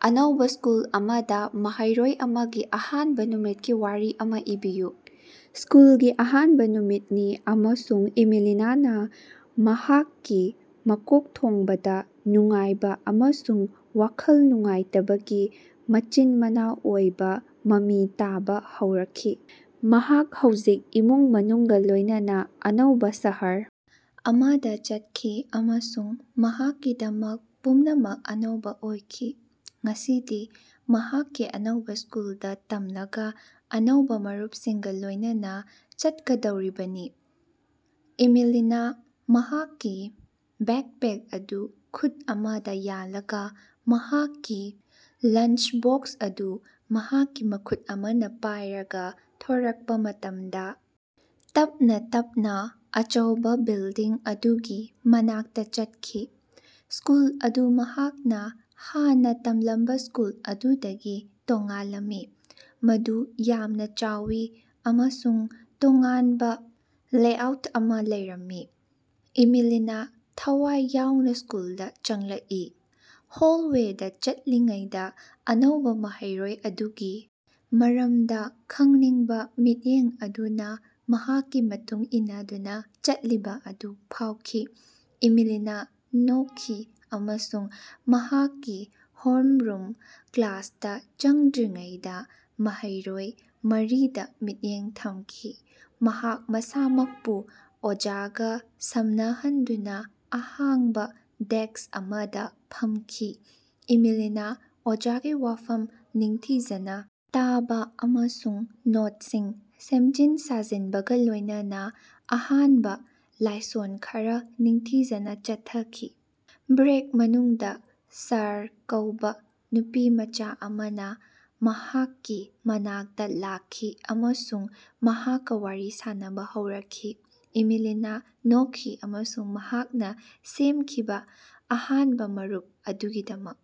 ꯑꯅꯧꯕꯥ ꯁ꯭ꯀꯨꯜ ꯑꯃꯗꯥ ꯃꯍꯩꯔꯣꯏ ꯑꯃꯒꯤ ꯑꯍꯥꯟꯕꯥ ꯅꯨꯃꯤꯠꯀꯤ ꯋꯥꯔꯤ ꯑꯃꯥ ꯏꯕꯤꯌꯨ꯫ ꯁ꯭ꯀꯨꯜꯒꯤ ꯑꯍꯥꯟꯕꯥ ꯅꯨꯃꯤꯠꯅꯤ ꯑꯃꯁꯨꯡ ꯏꯃꯤꯂꯤꯅꯥ ꯃꯍꯥꯛꯀꯤ ꯃꯀꯣꯛꯊꯣꯡꯕꯗꯥ ꯅꯨꯡꯉꯥꯏꯕꯥ ꯑꯃꯁꯨꯡ ꯋꯥꯈꯜ ꯅꯨꯡꯉꯥꯏꯇꯕꯒꯤ ꯃꯆꯤꯟ-ꯃꯅꯥꯎ ꯑꯣꯏꯕꯥ ꯃꯃꯤ ꯇꯥꯕꯥ ꯍꯧꯔꯛꯈꯤ꯫ ꯃꯍꯥꯛ ꯍꯧꯖꯤꯛ ꯏꯃꯨꯡ ꯃꯅꯨꯡꯒꯥ ꯂꯣꯏꯅꯅꯥ ꯑꯅꯧꯕꯥ ꯁꯍꯔ ꯑꯃꯗꯥ ꯆꯠꯈꯤ ꯑꯃꯁꯨꯡ ꯃꯍꯥꯛꯀꯤꯗꯃꯛ ꯄꯨꯝꯅꯃꯛ ꯑꯅꯧꯕꯥ ꯑꯣꯏꯈꯤ꯫ ꯉꯁꯤꯗꯤ ꯃꯍꯥꯛꯀꯤ ꯑꯅꯧꯕꯥ ꯁ꯭ꯀꯨꯜꯗꯥ ꯇꯝꯂꯒꯥ ꯑꯅꯧꯕꯥ ꯃꯔꯨꯞꯁꯤꯡꯒꯥ ꯂꯣꯏꯅꯅꯥ ꯆꯠꯀꯗꯧꯔꯤꯕꯅꯤ꯫ ꯏꯃꯤꯂꯤꯅꯥ ꯃꯍꯥꯛꯀꯤ ꯕꯦꯛꯄꯦꯛ ꯑꯗꯨ ꯈꯨꯠ ꯑꯃꯗꯥ ꯌꯥꯜꯂꯒꯥ ꯃꯍꯥꯛꯀꯤ ꯂꯟꯆ ꯕꯣꯛꯁ ꯑꯗꯨ ꯃꯍꯥꯛꯀꯤ ꯃꯈꯨꯠ ꯑꯃꯅꯥ ꯄꯥꯏꯔꯒ ꯊꯣꯔꯛꯄꯥ ꯃꯇꯝꯗꯥ ꯇꯞꯅꯥ ꯇꯞꯅꯥ ꯑꯆꯧꯕꯥ ꯕꯤꯜꯗꯤꯡ ꯑꯗꯨꯒꯤ ꯃꯅꯥꯛꯇꯥ ꯆꯠꯈꯤ꯫ ꯁ꯭ꯀꯨꯜ ꯑꯗꯨ ꯃꯍꯥꯛꯅꯥ ꯍꯥꯟꯅꯥ ꯇꯝꯂꯝꯕꯥ ꯁ꯭ꯀꯨꯜ ꯑꯗꯨꯗꯒꯤ ꯇꯣꯉꯥꯜꯂꯝꯃꯤ, ꯃꯗꯨ ꯌꯥꯝꯅꯥ ꯆꯥꯎꯏ ꯑꯃꯁꯨꯡ ꯇꯣꯉꯥꯟꯕꯥ ꯂꯦꯑꯥꯎꯠ ꯑꯃꯥ ꯂꯩꯔꯝꯃꯤ꯫ ꯏꯃꯤꯂꯤꯅꯥ ꯊꯋꯥꯏ ꯌꯥꯎꯅꯥ ꯁ꯭ꯀꯨꯜꯗꯥ ꯆꯪꯂꯛꯏ꯫ ꯍꯣꯜꯋꯦꯗꯥ ꯆꯠꯂꯤꯉꯩꯗꯥ ꯑꯅꯧꯕꯥ ꯃꯍꯩꯔꯣꯏ ꯑꯗꯨꯒꯤ ꯃꯔꯝꯗꯥ ꯈꯪꯅꯤꯡꯕꯥ ꯃꯤꯠꯌꯦꯡ ꯑꯗꯨꯅꯥ ꯃꯍꯥꯛꯀꯤ ꯃꯇꯨꯡ ꯏꯟꯗꯨꯅꯥ ꯆꯠꯂꯤꯕꯥ ꯑꯗꯨ ꯐꯥꯎꯈꯤ꯫ ꯏꯃꯤꯂꯤꯅꯥ ꯅꯣꯛꯈꯤ ꯑꯃꯁꯨꯡ ꯃꯍꯥꯛꯀꯤ ꯍꯣꯝꯔꯨꯝ ꯀ꯭ꯂꯥꯁꯇꯥ ꯆꯪꯗ꯭ꯔꯤꯉꯩꯗꯥ ꯃꯍꯩꯔꯣꯏ ꯃꯔꯤꯗꯥ ꯃꯤꯠꯌꯦꯡ ꯊꯝꯈꯤ꯫ ꯃꯍꯥꯛ ꯃꯁꯥꯃꯛꯄꯨ ꯑꯣꯖꯥꯒꯥ ꯁꯝꯅꯍꯟꯗꯨꯅꯥ ꯑꯍꯥꯡꯕꯥ ꯗꯦꯛꯁ ꯑꯃꯗꯥ ꯐꯝꯈꯤ꯫ ꯏꯃꯤꯂꯤꯅꯥ ꯑꯣꯖꯥꯒꯤ ꯋꯥꯐꯝ ꯅꯤꯡꯊꯤꯖꯅꯥ ꯇꯥꯕꯥ ꯑꯃꯁꯨꯡ ꯅꯣꯠꯁꯤꯡ ꯁꯦꯝꯖꯤꯟ ꯁꯥꯖꯤꯟꯕꯒꯥ ꯂꯣꯏꯅꯅꯥ ꯑꯍꯥꯟꯕꯥ ꯂꯥꯏꯁꯣꯟ ꯈꯔꯥ ꯅꯤꯡꯊꯤꯖꯅꯥ ꯆꯠꯊꯈꯤ꯫ ꯕ꯭ꯔꯦꯛ ꯃꯅꯨꯡꯗꯥ ꯁꯥꯔꯥ ꯀꯧꯕꯥ ꯅꯨꯄꯤꯃꯆꯥ ꯑꯃꯅꯥ ꯃꯍꯥꯛꯀꯤ ꯃꯅꯥꯛꯇꯥ ꯂꯥꯛꯈꯤ ꯑꯃꯁꯨꯡ ꯃꯍꯥꯛꯀꯥ ꯋꯥꯔꯤ ꯁꯥꯅꯕꯥ ꯍꯧꯔꯛꯈꯤ꯫ ꯏꯃꯤꯂꯤꯅꯥ ꯅꯣꯛꯈꯤ ꯑꯃꯁꯨꯡ ꯃꯍꯥꯛꯅꯥ ꯁꯦꯝꯈꯤꯕꯥ ꯑꯍꯥꯟꯕꯥ ꯃꯔꯨꯞ ꯑꯗꯨꯒꯤꯗꯃꯛ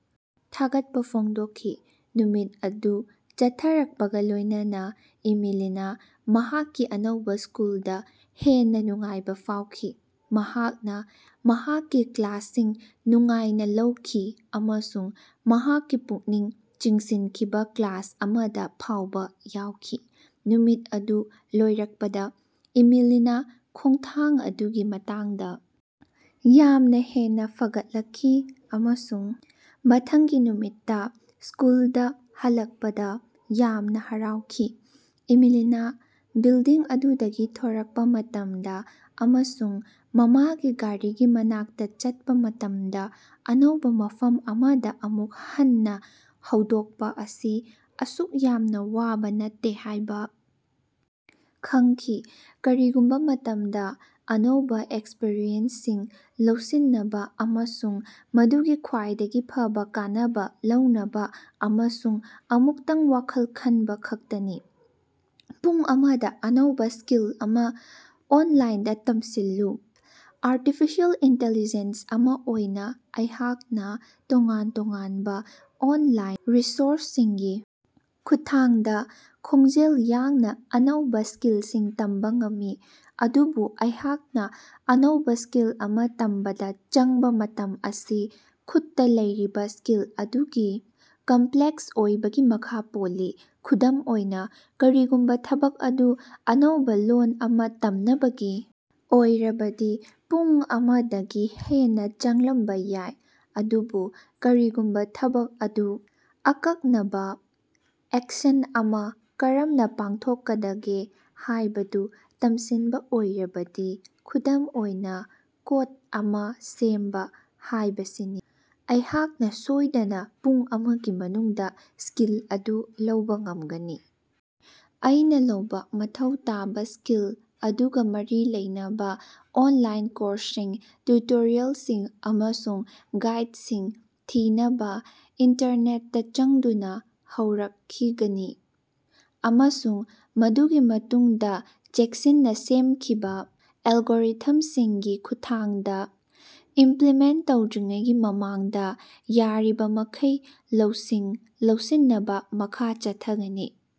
ꯊꯥꯒꯠꯄꯥ ꯐꯣꯡꯗꯣꯛꯈꯤ꯫ ꯅꯨꯃꯤꯠ ꯑꯗꯨ ꯆꯠꯊꯔꯛꯄꯒꯥ ꯂꯣꯏꯅꯅꯥ ꯏꯃꯤꯂꯤꯅꯥ ꯃꯍꯥꯛꯀꯤ ꯑꯅꯧꯕꯥ ꯁ꯭ꯀꯨꯜꯗꯥ ꯍꯦꯟꯅꯥ ꯅꯨꯡꯉꯥꯏꯕꯥ ꯐꯥꯎꯈꯤ꯫ ꯃꯍꯥꯛꯅꯥ ꯃꯍꯥꯛꯀꯤ ꯀ꯭ꯂꯥꯁꯁꯤꯡ ꯅꯨꯡꯉꯥꯏꯅꯥ ꯂꯧꯈꯤ ꯑꯃꯁꯨꯡ ꯃꯍꯥꯛꯀꯤ ꯄꯨꯛꯅꯤꯡ ꯆꯤꯡꯁꯤꯟꯈꯤꯕꯥ ꯀ꯭ꯂꯞ ꯑꯃꯗꯥ ꯐꯥꯎꯕꯥ ꯌꯥꯎꯈꯤ꯫ ꯅꯨꯃꯤꯠ ꯑꯗꯨ ꯂꯣꯏꯔꯛꯄꯗꯥ ꯏꯃꯤꯂꯤꯅꯥ ꯈꯣꯡꯊꯥꯡ ꯑꯗꯨꯒꯤ ꯃꯇꯥꯡꯗꯥ ꯌꯥꯝꯅꯥ ꯍꯦꯟꯅꯥ ꯐꯒꯠꯂꯛꯈꯤ ꯑꯃꯁꯨꯡ ꯃꯊꯪꯒꯤ ꯅꯨꯃꯤꯠꯇꯥ ꯁ꯭ꯀꯨꯜꯗꯥ ꯍꯜꯂꯛꯄꯗꯥ ꯌꯥꯝꯅꯥ ꯍꯔꯥꯎꯈꯤ꯫ ꯏꯃꯤꯂꯤꯅꯥ ꯕꯤꯜꯗꯤꯡ ꯑꯗꯨꯗꯒꯤ ꯊꯣꯔꯛꯄꯥ ꯃꯇꯝꯗꯥ ꯑꯃꯁꯨꯡ ꯃꯃꯥꯒꯤ ꯒꯥꯔꯤꯒꯤ ꯃꯅꯥꯛꯇꯥ ꯆꯠꯄꯥ ꯃꯇꯝꯗꯥ, ꯑꯅꯧꯕꯥ ꯃꯐꯝ ꯑꯃꯗꯥ ꯑꯃꯨꯛ ꯍꯟꯅꯥ ꯍꯧꯗꯣꯛꯄꯥ ꯑꯁꯤ ꯑꯁꯨꯛ ꯌꯥꯝꯅꯥ ꯋꯥꯕꯥ ꯅꯠꯇꯦ ꯍꯥꯏꯕꯥ ꯈꯪꯈꯤ꯫ ꯀꯔꯤꯒꯨꯝꯕꯥ ꯃꯇꯝꯗꯥ, ꯑꯅꯧꯕꯥ ꯑꯦꯛꯁꯄ꯭ꯔꯤꯌꯦꯟꯁꯁꯤꯡ ꯂꯧꯁꯤꯟꯅꯕꯥ ꯑꯃꯁꯨꯡ ꯃꯗꯨꯒꯤ ꯈ꯭ꯋꯥꯏꯗꯒꯤ ꯐꯕꯥ ꯀꯥꯟꯅꯕꯥ ꯂꯧꯅꯕꯥ ꯑꯃꯁꯨꯡ ꯑꯃꯨꯛꯇꯪ ꯋꯥꯈꯜ ꯈꯟꯕꯥ ꯈꯛꯇꯅꯤ꯫ ꯄꯨꯡ ꯑꯃꯗꯥ ꯑꯅꯧꯕꯥ ꯁ꯭ꯀꯤꯜ ꯑꯃꯥ ꯑꯣꯟꯂꯥꯏꯟꯗꯥ ꯇꯝꯁꯤꯜꯂꯨ꯫ ꯑꯔꯇꯤꯐꯤꯁꯦꯜ ꯏꯟꯇꯤꯂꯤꯖꯦꯟꯁ ꯑꯃꯥ ꯑꯣꯏꯅꯥ ꯑꯩꯍꯥꯛꯅꯥ ꯇꯣꯉꯥꯟ ꯇꯣꯉꯥꯟꯕꯥ ꯑꯣꯟꯂꯥꯏꯟ ꯔꯤꯁꯣꯔꯁꯁꯤꯡꯒꯤ ꯈꯨꯠꯊꯥꯡꯗꯥ ꯈꯣꯡꯖꯦꯜ ꯌꯥꯡꯅꯥ ꯑꯅꯧꯕꯥ ꯁ꯭ꯀꯤꯜꯁꯤꯡ ꯇꯝꯕꯥ ꯉꯝꯃꯤ꯫ ꯑꯗꯨꯕꯨ ꯑꯩꯍꯥꯛꯅꯥ ꯑꯅꯧꯕꯥ ꯁ꯭ꯀꯤꯜ ꯑꯃꯥ ꯇꯝꯕꯗꯥ ꯆꯪꯕꯥ ꯃꯇꯝ ꯑꯁꯤ ꯈꯨꯠꯇꯥ ꯂꯩꯔꯤꯕꯥ ꯁ꯭ꯀꯤꯜ ꯑꯗꯨꯒꯤ ꯀꯝꯄ꯭ꯂꯦꯛꯁ ꯑꯣꯏꯕꯒꯤ ꯃꯈꯥ ꯄꯣꯜꯂꯤ꯫ ꯈꯨꯗꯝ ꯑꯣꯏꯅꯥ, ꯀꯔꯤꯒꯨꯝꯕꯥ ꯊꯕꯛ ꯑꯗꯨ ꯑꯅꯧꯕꯥ ꯂꯣꯜ ꯑꯃꯥ ꯇꯝꯅꯕꯒꯤ ꯑꯣꯏꯔꯕꯗꯤ ꯄꯨꯡ ꯑꯃꯗꯒꯤ ꯍꯦꯟꯅꯥ ꯆꯪꯂꯝꯕꯥ ꯌꯥꯏ꯫ ꯑꯗꯨꯕꯨ ꯀꯔꯤꯒꯨꯝꯕꯥ ꯊꯕꯛ ꯑꯗꯨ ꯑꯀꯛꯅꯕꯥ ꯑꯦꯛꯁꯟ ꯑꯃꯥ ꯀꯔꯝꯅꯥ ꯄꯥꯡꯊꯣꯛꯀꯗꯒꯦ ꯍꯥꯏꯕꯗꯨ ꯇꯝꯁꯤꯟꯕꯥ ꯑꯣꯏꯔꯕꯗꯤ, ꯈꯨꯗꯝ ꯑꯣꯏꯅꯥ ꯀꯣꯠ ꯑꯃꯥ ꯁꯦꯝꯕꯥ ꯍꯥꯏꯕꯁꯤꯅꯤ, ꯑꯩꯍꯥꯛꯅꯥ ꯁꯣꯏꯗꯅꯥ ꯄꯨꯡ ꯑꯃꯒꯤ ꯃꯅꯨꯡꯗꯥ ꯁ꯭ꯀꯤꯜ ꯑꯗꯨ ꯂꯧꯕꯥ ꯉꯝꯒꯅꯤ꯫ ꯑꯩꯅꯥ ꯂꯧꯕꯥ ꯃꯊꯧ ꯇꯥꯕꯥ ꯁ꯭ꯀꯤꯜ ꯑꯗꯨꯒꯥ ꯃꯔꯤ ꯂꯩꯅꯕꯥ ꯑꯣꯟꯂꯥꯏꯟ ꯀꯣꯔꯁꯁꯤꯡ, ꯇ꯭ꯌꯨꯇꯣꯔꯤꯌꯦꯜꯁꯤꯡ ꯑꯃꯁꯨꯡ ꯒꯥꯏꯠꯁꯤꯡ ꯊꯤꯅꯕꯥ ꯏꯟꯇꯔꯅꯦꯠꯇꯥ ꯆꯪꯗꯨꯅꯥ ꯍꯧꯔꯛꯈꯤꯒꯅꯤ ꯑꯃꯁꯨꯡ ꯃꯗꯨꯒꯤ ꯃꯇꯨꯡꯗꯥ ꯆꯦꯛꯁꯤꯟꯅꯥ ꯁꯦꯝꯈꯤꯕꯥ ꯑꯦꯜꯒꯣꯔꯤꯊꯝꯁꯤꯡꯒꯤ ꯈꯨꯠꯊꯥꯡꯗꯥ ꯏꯝꯄ꯭ꯂꯤꯃꯦꯟꯇ ꯇꯧꯗ꯭ꯔꯤꯉꯩꯒꯤ ꯃꯃꯥꯡꯗꯥ ꯌꯥꯔꯤꯕꯃꯈꯩ ꯂꯧꯁꯤꯡ ꯂꯧꯁꯤꯟꯅꯕꯥ ꯃꯈꯥ ꯆꯠꯊꯒꯅꯤ꯫